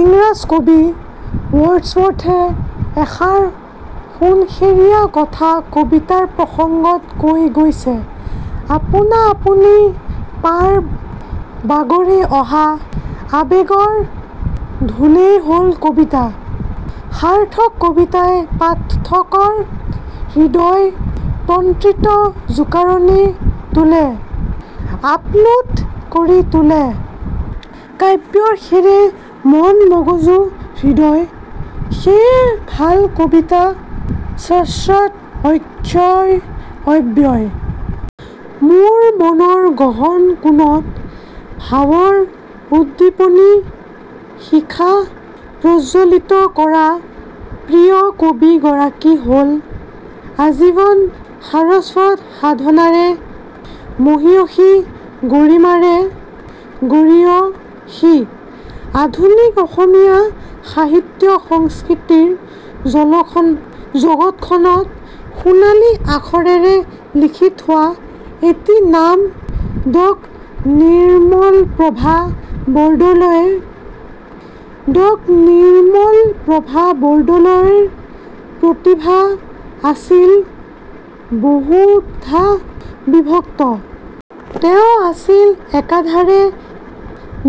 ইংৰাজ কবি ৱৰ্ডছৱৰ্থে এষাৰ সোণসেৰীয়া কথা কবিতাৰ প্ৰসংগত কৈ গৈছে- আপোনা-আপুনি পাৰ বাগৰি অহা আৱেগৰ ঢলেই হ'ল কবিতা। " সাৰ্থক কবিতাই পাঠকৰ হৃদয়-তন্ত্ৰীত জোকাৰণি তোলে- আপ্লুত কৰি তোলে কাব্যসিৰে মন মগজু হৃদয়। সেয়ে ভাল কবিতা শাশ্বত, অক্ষয়, অব্যয়। মোৰ মনৰ গহন কোণত ভাবৰ উদ্দীপনী শিখা প্ৰজ্বলিত কৰা প্ৰিয় কবি গৰাকী হ'ল- আজীৱন সাৰস্বত সাধনাৰে মহীয়সী, গৰিমাৰে গৰীয়সী, আধুনিক অসমীয়া সাহিত্য-সংস্কৃতিৰ জগতখনত সোণালী আখৰেৰে লিখি থোৱা এটি নাম ড নিৰ্মলপ্ৰভা বৰদলৈ। ড নিৰ্মল প্ৰভা বৰদলৈৰ প্ৰতিভা আছিল বহুধা বিভক্ত। তেওঁ আছিল একাধাৰে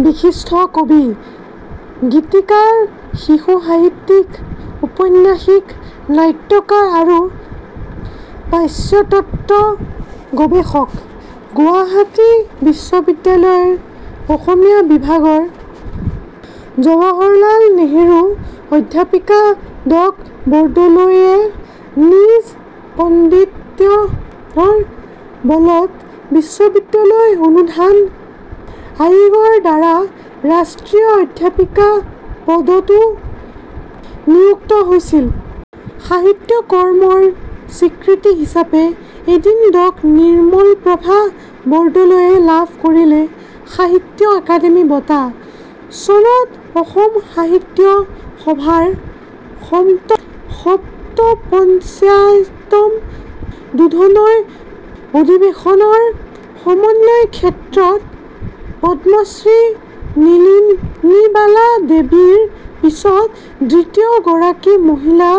বিশিষ্ট কবি, গীতিকাৰ, শিশু-সাহিত্যিক, ঔপন্যাসিক, নাট্যকাৰ আৰু পাচ্যতত্ত্ব গৱেষক ৷ গুৱাহাটী বিশ্ববিদ্যালয়ৰ অসমীয়া বিভাগৰ জৱাহৰলাল নেহৰু অধ্যাপিকা ড বৰদলৈয়ে নিজ পাণ্ডিত্যৰ বলত বিশ্ববিদ্যালয় অনুধান আয়োগৰ দ্বাৰা ৰাষ্ট্ৰীয় অধ্যাপিকা পদতো নিয়ুক্ত হৈছিল। সাহিত্য কৰ্মৰ স্বীকৃতি হিচাপে এদিন ড নিৰ্মলপ্ৰভা বৰদলৈয়ে লাভ কৰিলে সাহিত্য অকাডেমী বঁটা। চনত অসম সাহিত্য সভাৰ সপ্তপঞ্চাশতম্ দুধনৈ অধিৱেশনৰ 'সমন্বয় ক্ষেত্ৰত পদ্মশ্ৰী নলিনীবালা দেৱীৰ পিছত দ্বিতীয় গৰাকী মহিলা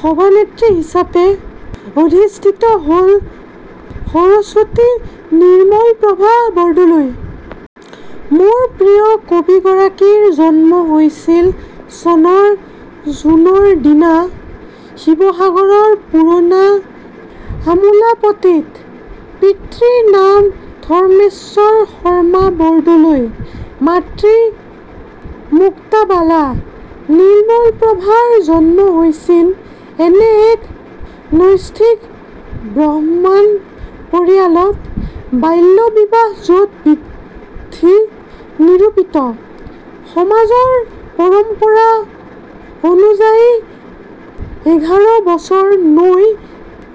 সভানেত্ৰী হিচাপে অধিষ্ঠিত হ'ল 'সৰস্বতী' নিৰ্মলপ্ৰভা বৰদলৈ। মোৰ প্ৰিয় কবিগৰাকীৰ জন্ম হৈছিল চনৰ জুনৰ দিনা, শিৱসাগৰৰ পুৰণা আমোলাপট্টিত। পিতৃৰ নাম ধৰ্মেশ্বৰ শৰ্মা বৰদলৈ, মাতৃ মুক্তাবালা। নিৰ্মলপ্ৰভাৰ জন্ম হৈছিল এনে এক নৈষ্ঠিক ব্ৰাহ্মণ পৰিয়ালত- বাল্য বিবাহ য'ত বিধি নিৰূপিত। সমাজৰ পৰম্পৰা অনুযায়ী এঘাৰ বছৰ নৌ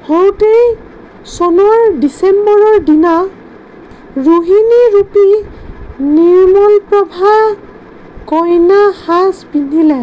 হওঁতেই চনৰ ডিচেম্বৰৰ দিনা 'ৰোহিনী' ৰূপী নিৰ্মলপ্ৰভাই কইনাৰ সাজ পিন্ধিলে।